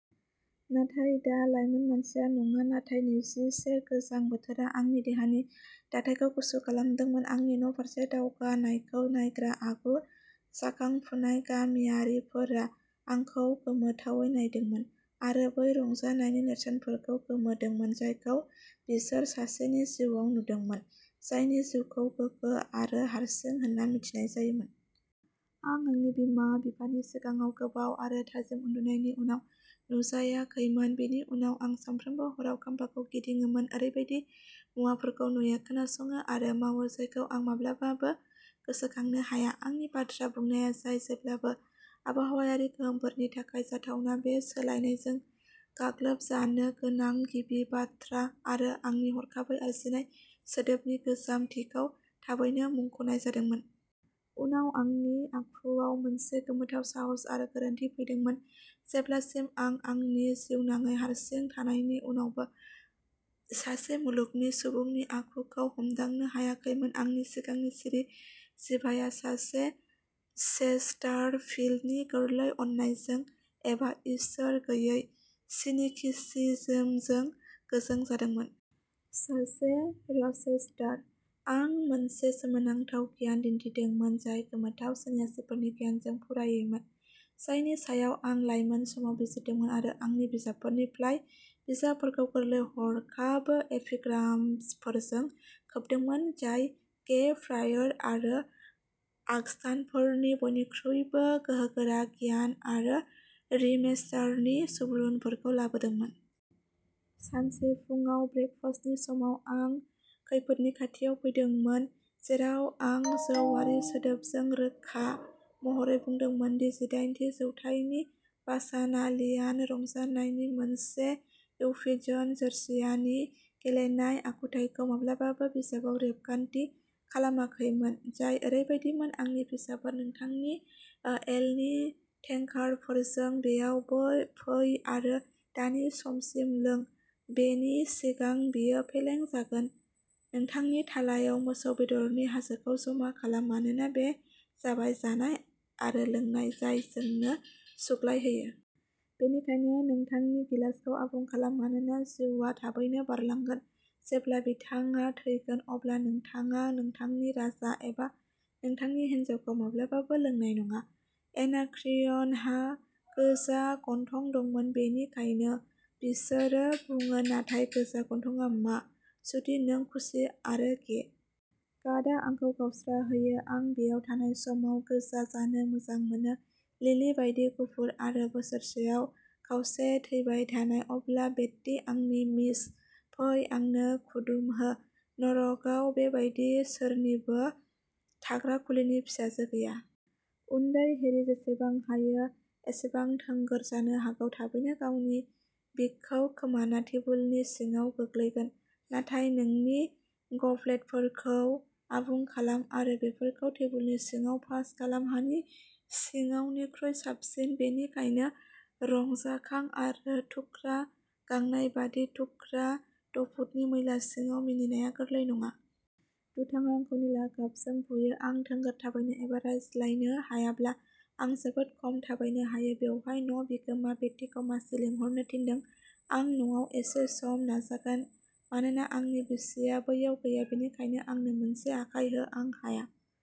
नाथाय, दा लाइमोन मानसिया नङा, नाथाय नैजि से गोजां बोथोरा आंनि देहानि दाथायखौ गुसु खालामदोंमोन। आंनि न'फारसे दावगानायखौ नायग्रा आगु जाखांफुनाय गामियारिफोरा आंखौ गोमोथावै नायदोंमोन आरो बै रंजानायनि नेरसोनफोरखौ गोमोदोंमोन, जायखौ बिसोर सासेनि जिउआव नुदोंमोन, जायनि जिउखौ गोगो आरो हारसिं होनना मिथिनाय जायोमोन। आं आंनि बिमा बिफानि सिगाङाव गोबाव आरो थाजिम उन्दुनायनि उनाव नुजायाखैमोन। बेनि उनाव आं सानफ्रोमबो हराव खाम्फाखौ गिदिङोमोन ओरैबायदि मुवाफोरखौ नुयो, खोनासङो आरो मावो जायखौ आं माब्लाबाबो गोसोखांनो हाया। आंनि बाथ्रा बुंनाया, जाय जेब्लाबो आबहावायारि गोहोमफोरनि थाखाय जाथावना, बे सोलायनायजों गाग्लोबजानो गोनां गिबि बाथ्रा आरो आंनि हरखाबै आरजिनाय सोदोबनि गोजामथिखौ थाबैनो मुंख'नाय जादोंमोन। उनाव आंनि आखुवाव मोनसे गोमोथाव साहस आरो गोरोनथि फैदोंमोन, जेब्लासिम आं आंनि जिउनाङै हारसिं थानायनि उनावबो सासे मुलुगनि सुबुंनि आखुखौ हमदांनो हायाखैमोन। आंनि सिगांनि सिरि जिभाया सासे चेस्टारफील्डनि गोरलै अननायजों एबा इसोर गैयै सिनिकिसिजमजों गोजों जादोंमोन। सासे रचेस्टार। आं मोनसे सोमोनांथाव गियान दिन्थिदोंमोन, जाय गोमोथाव, सन्यासिफोरनि गियानजों फुरायैमोन, जायनि सायाव आं लायमोन समाव बिजिरदोंमोन आरो आंनि बिजाबफोरनि फ्लाइ बिलाइफोरखौ गोरलै हरखाब एपिग्रामफोरजों खोबदोंमोन, जाय गे, प्रायर आरो आगस्तानफोरनि बयनिख्रुइबो गोहोगोरा गियान आरो रिमेस्टारनि सुबुरुनफोरखौ लाबोदोंमोन। सानसे फुंआव ब्रेकफास्टनि समाव आं खैफोदनि खाथियाव फैदोंमोन, जेराव आं जौआरि सोदोबजों रोखा महरै बुंदोंमोन दि जिदाइनथि जौथाइनि बाचानालियान रंजानायनि मोनसे इफ्यूजन, जर्जियानि गेलेनाय आखुथाइखौ माब्लाबाबो बिजाबाव रेबगान्थि खालामाखैमोन, जाय ओरैबायदिमोन, आंनि फिसाफोर, नोंथांनि ओ एलनि टेंकार्डफोरजों बेयाव बै फै आरो दानि समसिम लों, बेनि सिगां बेयो फेलें जागोन नोंथांनि थालायाव मोसौ बेदरनि हाजोखौ जमा खालाम, मानोना बे जाबाय जानाय आरो लोंनाय जाय जोंनो सुग्लाय होयो। बेनिखायनो नोंथांनि गिलासखौ आबुं खालाम, मानोना जिउआ थाबैनो बारलांगोन, जेब्ला बिथाङा थैगोन, अब्ला नोंथाङा नोंथांनि राजा एबा नोंथांनि हिन्जावखौ माब्लाबाबो लोंनाय नङा। एनाक्रियनहा गोजा गन्थं दंमोन, बेनिखायनो बिसोरो बुङो नाथाय गोजा गन्थंआ मा, जुदि नों खुसि आरो गे? गादआ आंखौ गावस्राहोयो। आं बेयाव थानाय समाव गोजा जानो मोजां मोनो, लिलि बायदि गुफुर आरो बोसोरसेआव खावसे थैबाय थानाय। अब्ला बेट्टी, आंनि मिस, फै आंनो खुदुमहो नरकआव बेबायदि सोरनिबो थाग्रा खुलिनि फिसाजो गैया। उन्दै हेरी, जेसेबां हायो एसेबां थोंगोर जानो हागौ, थाबैनो गावनि विगखौ खोमाना टेबुलनि सिङाव गोग्लैगोन, नाथाय नोंनि गब्लेटफोरखौ आबुं खालाम आरो बेफोरखौ टेबुलनि सिङाव पास खालाम, हानि सिङावनिख्रुइ साबसिन। बेनिखायनो रंजाखां आरो थुख्रा, गांनायबादि थुख्रा द'फुटनि मैला सिङाव मिनिनाया गोरलै नङा। दुथांआ आंखौ निला गाबजों बुयो! आं थोंगोर थाबायनो एबा रायज्लायनो हायाब्ला आं जोबोद खम थाबायनो हायो! बेवहाय, न' बिगोमा, बेट्टीखौ मासि लिंहरनो थिनदों आं न'आव एसे सम नाजागोन, मानोना आंनि बिसिया बैयाव गैया। बेनिखायनो आंनो मोनसे आखाय हो, आं हाया।